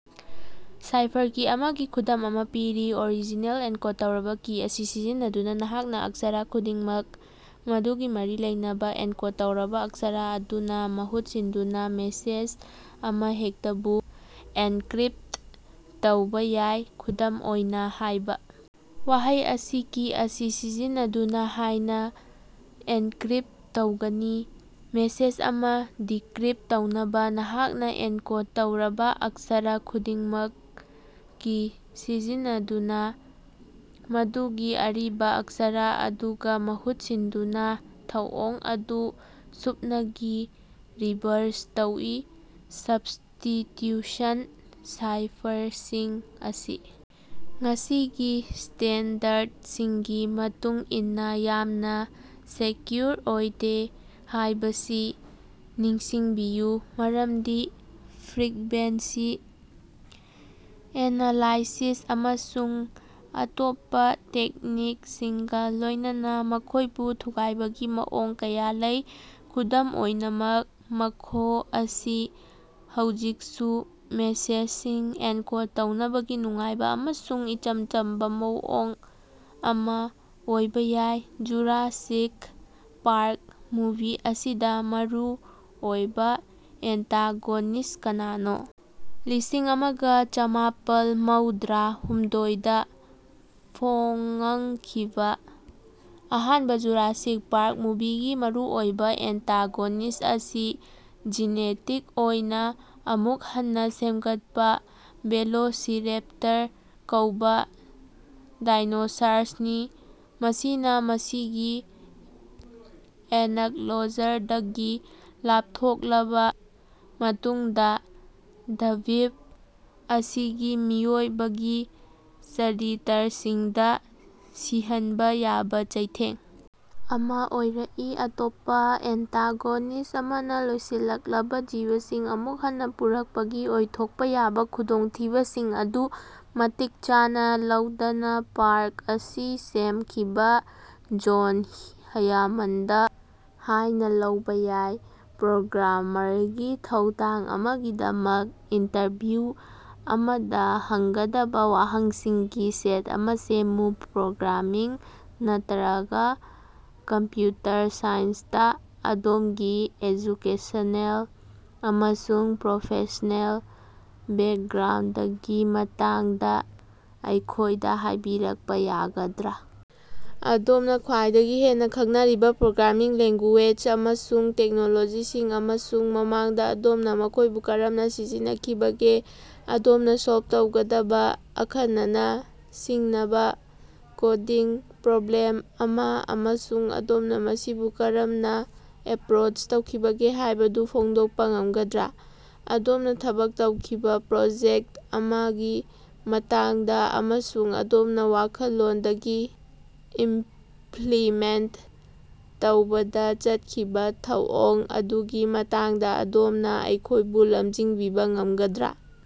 Cipher ꯀꯤ ꯑꯃꯒꯤ ꯈꯨꯗꯝ ꯑꯃ ꯄꯤꯔꯤ, ꯑꯣꯔꯤꯖꯤꯅꯦꯜ - ꯑꯦꯟꯀꯣꯗ ꯇꯧꯔꯕ ꯀꯤ ꯑꯁꯤ ꯁꯤꯖꯤꯟꯅꯗꯨꯅ, ꯅꯍꯥꯛꯅ ꯑꯛꯁꯔ ꯈꯨꯗꯤꯡꯃꯛ ꯃꯗꯨꯒꯤ ꯃꯔꯤ ꯂꯩꯅꯕ ꯑꯦꯟꯀꯣꯗ ꯇꯧꯔꯕ ꯑꯛꯁꯔ ꯑꯗꯨꯅ ꯃꯍꯨꯠ ꯁꯤꯟꯗꯨꯅ ꯃꯦꯁꯦꯖ ꯑꯃꯍꯦꯛꯇꯕꯨ ꯑꯦꯟꯀ꯭ꯔꯤꯞꯇ ꯇꯧꯕ ꯌꯥꯏ꯫ ꯈꯨꯗꯝ ꯑꯣꯏꯅ, ꯍꯥꯏꯕ ꯋꯥꯍꯩ ꯑꯁꯤ ꯀꯤ ꯑꯁꯤ ꯁꯤꯖꯤꯟꯅꯗꯨꯅ ꯍꯥꯏꯅ ꯑꯦꯟꯀ꯭ꯔꯤꯞꯇ ꯇꯧꯒꯅꯤ꯫ ꯃꯦꯁꯦꯖ ꯑꯃ ꯗꯤꯀ꯭ꯔꯤꯞꯇ ꯇꯧꯅꯕ, ꯅꯍꯥꯛꯅ ꯑꯦꯟꯀꯣꯗ ꯇꯧꯔꯕ ꯑꯛꯁꯔ ꯈꯨꯗꯤꯡꯃꯛ ꯀꯤ ꯁꯤꯖꯤꯟꯅꯗꯨꯅ ꯃꯗꯨꯒꯤ ꯑꯔꯤꯕ ꯑꯛꯁꯔ ꯑꯗꯨꯒ ꯃꯍꯨꯠ ꯁꯤꯟꯗꯨꯅ ꯊꯧꯑꯣꯡ ꯑꯗꯨ ꯁꯨꯞꯅꯒꯤ ꯔꯤꯚꯔꯁ ꯇꯧꯏ꯫ ꯁꯕ꯭ꯁꯇꯤꯇ꯭ꯌꯨꯁꯟ ꯁꯥꯏꯐꯔꯁꯤꯡ ꯑꯁꯤ ꯉꯁꯤꯒꯤ ꯁ꯭ꯇꯦꯟꯗꯔꯗꯁꯤꯡꯒꯤ ꯃꯇꯨꯡ ꯏꯟꯅ ꯌꯥꯝꯅ ꯁꯦꯀ꯭ꯌꯨꯔ ꯑꯣꯏꯗꯦ ꯍꯥꯏꯕꯁꯤ ꯅꯤꯡꯁꯤꯡꯕꯤꯌꯨ, ꯃꯔꯝꯗꯤ ꯐ꯭ꯔꯤꯛꯕꯦꯟꯁꯤ ꯑꯦꯅꯥꯂꯥꯏꯁꯤꯁ ꯑꯃꯁꯨꯡ ꯑꯇꯣꯞꯄ ꯇꯦꯛꯅꯤꯛꯁꯤꯡꯒ ꯂꯣꯏꯅꯅ ꯃꯈꯣꯏꯕꯨ ꯊꯨꯒꯥꯏꯕꯒꯤ ꯃꯑꯣꯡ ꯀꯌꯥ ꯂꯩ꯫ ꯑꯗꯨꯝ ꯑꯣꯏꯅꯃꯛ, ꯃꯈꯣ ꯑꯁꯤ ꯍꯧꯖꯤꯛꯁꯨ ꯃꯦꯁꯦꯖꯁꯤꯡ ꯑꯦꯟꯀꯣꯗ ꯇꯧꯅꯕꯒꯤ ꯅꯨꯡꯉꯥꯏꯕ ꯑꯃꯁꯨꯡ ꯏꯆꯝ ꯆꯝꯕ ꯃꯑꯣꯡ ꯑꯃ ꯑꯣꯏꯕ ꯌꯥꯏ꯫ ꯖꯨꯔꯥꯁꯤꯛ ꯄꯥꯔꯛ ꯃꯨꯚꯤ ꯑꯁꯤꯗ ꯃꯔꯨ ꯑꯣꯏꯕ ꯑꯦꯟꯇꯥꯒꯣꯅꯤꯁ꯭ꯠ ꯀꯅꯥꯅꯣ? ꯂꯤꯁꯤꯡ ꯑꯃꯒ ꯆꯃꯥꯄꯜ ꯃꯧꯗ꯭ꯔꯥ ꯍꯨꯝꯗꯣꯏꯗꯥ ꯐꯣꯉꯡꯈꯤꯕ ꯑꯍꯥꯟꯕ ꯖꯨꯔꯥꯁꯤꯛ ꯄꯥꯔꯛ ꯃꯨꯚꯤꯒꯤ ꯃꯔꯨꯑꯣꯏꯕ ꯑꯦꯟꯇꯥꯒꯣꯅꯤꯁ꯭ꯠ ꯑꯁꯤ ꯖꯤꯅꯦꯇꯤꯛ ꯑꯣꯏꯅ ꯑꯃꯨꯛ ꯍꯟꯅ ꯁꯦꯝꯒꯠꯄ ꯚꯦꯂꯣꯁꯤꯔꯦꯞꯇꯔ ꯀꯧꯕ ꯗꯥꯏꯅꯣꯁꯥꯔꯁꯅꯤ, ꯃꯁꯤꯅ ꯃꯁꯤꯒꯤ ꯑꯦꯅꯛꯂꯣꯖꯔꯗꯒꯤ ꯂꯥꯞꯊꯣꯛꯂꯕ ꯃꯇꯨꯡꯗꯥ ꯗ꯭ꯕꯤꯞ ꯑꯁꯤꯒꯤ ꯃꯤꯑꯣꯏꯕꯒꯤ ꯆꯔꯤꯇꯔꯁꯤꯡꯗ ꯁꯤꯍꯟꯕ ꯌꯥꯕ ꯆꯩꯊꯦꯡ ꯑꯃ ꯑꯣꯏꯔꯛꯏ꯫ ꯑꯇꯣꯞꯄ ꯑꯦꯟꯇꯥꯒꯣꯅꯤꯁ꯭ꯠ ꯑꯃꯅ ꯂꯣꯏꯁꯤꯜꯂꯛꯂꯕꯥ ꯖꯤꯕꯁꯤꯡ ꯑꯃꯨꯛ ꯍꯟꯅ ꯄꯨꯔꯛꯄꯒꯤ ꯑꯣꯏꯊꯣꯛꯄ ꯌꯥꯕ ꯈꯨꯗꯣꯡꯊꯤꯕꯁꯤꯡ ꯑꯗꯨ ꯃꯇꯤꯛ ꯆꯥꯅ ꯂꯧꯗꯅ ꯄꯥꯔꯛ ꯑꯁꯤ ꯁꯦꯝꯈꯤꯕ ꯖꯣꯟ ꯍ꯭ꯌꯥꯃꯟꯗ ꯍꯥꯏꯅ ꯂꯧꯕ ꯌꯥꯏ꯫ ꯄ꯭ꯔꯣꯒ꯭ꯔꯥꯝꯔꯒꯤ ꯊꯧꯗꯥꯡ ꯑꯃꯒꯤꯗꯃꯛ ꯏꯟꯇꯔꯚꯤꯎ ꯑꯃꯗ ꯍꯪꯒꯗꯕ ꯋꯥꯍꯪꯁꯤꯡꯒꯤ ꯁꯦꯠ ꯑꯃ ꯁꯦꯝꯃꯨ꯫ ꯄ꯭ꯔꯣꯒ꯭ꯔꯥꯃꯤꯡ ꯅꯠꯇꯔꯒ ꯀꯝꯄ꯭ꯌꯨꯇꯔ ꯁꯥꯏꯟꯁꯇꯥ ꯑꯗꯣꯝꯒꯤ ꯑꯦꯖꯨꯀꯦꯁꯅꯦꯜ ꯑꯃꯁꯨꯡ ꯄ꯭ꯔꯣꯐꯦꯁ꯭ꯅꯦꯜ ꯕꯦꯛꯒ꯭ꯔꯥꯎꯟꯗꯒꯤ ꯃꯇꯥꯡꯗ ꯑꯩꯈꯣꯏꯗ ꯍꯥꯏꯕꯤꯔꯛꯄ ꯌꯥꯒꯗ꯭ꯔꯥ? ꯑꯗꯣꯝꯅ ꯈ꯭ꯋꯥꯏꯗꯒꯤ ꯍꯦꯟꯅ ꯈꯪꯅꯔꯤꯕ ꯄ꯭ꯔꯣꯒ꯭ꯔꯥꯃꯤꯡ ꯂꯦꯡꯒꯨꯌꯦꯖ ꯑꯃꯁꯨꯡ ꯇꯦꯛꯅꯣꯂꯣꯖꯤꯁꯤꯡ, ꯑꯃꯁꯨꯡ ꯃꯃꯥꯡꯗ ꯑꯗꯣꯝꯅ ꯃꯈꯣꯏꯕꯨ ꯀꯔꯝꯅ ꯁꯤꯖꯤꯟꯅꯈꯤꯕꯒꯦ? ꯑꯗꯣꯝꯅ ꯁꯣꯜꯕ ꯇꯧꯒꯗꯕ ꯑꯈꯟꯅꯅ ꯁꯤꯡꯅꯕ ꯀꯣꯗꯤꯡ ꯄ꯭ꯔꯣꯕ꯭ꯂꯦꯝ ꯑꯃ, ꯑꯃꯁꯨꯡ ꯑꯗꯣꯝꯅ ꯃꯁꯤꯕꯨ ꯀꯔꯝꯅ ꯑꯦꯞꯔꯣꯆ ꯇꯧꯈꯤꯕꯒꯦ ꯍꯥꯏꯕꯗꯨ ꯐꯣꯡꯗꯣꯛꯄ ꯉꯝꯒꯗ꯭ꯔꯥ? ꯑꯗꯣꯝꯅ ꯊꯕꯛ ꯇꯧꯈꯤꯕ ꯄ꯭ꯔꯣꯖꯦꯛꯇ ꯑꯃꯒꯤ ꯃꯇꯥꯡꯗ ꯑꯃꯁꯨꯡ ꯑꯗꯣꯝꯅ ꯋꯥꯈꯟꯂꯣꯟꯗꯒꯤ ꯏꯝꯐ꯭ꯂꯤꯃꯦꯟꯇ ꯇꯧꯕꯗ ꯆꯠꯈꯤꯕ ꯊꯧꯑꯣꯡ ꯑꯗꯨꯒꯤ ꯃꯇꯥꯡꯗ ꯑꯗꯣꯝꯅ ꯑꯩꯈꯣꯏꯕꯨ ꯂꯝꯖꯤꯡꯕꯤꯕ ꯉꯝꯒꯗ꯭ꯔꯥ?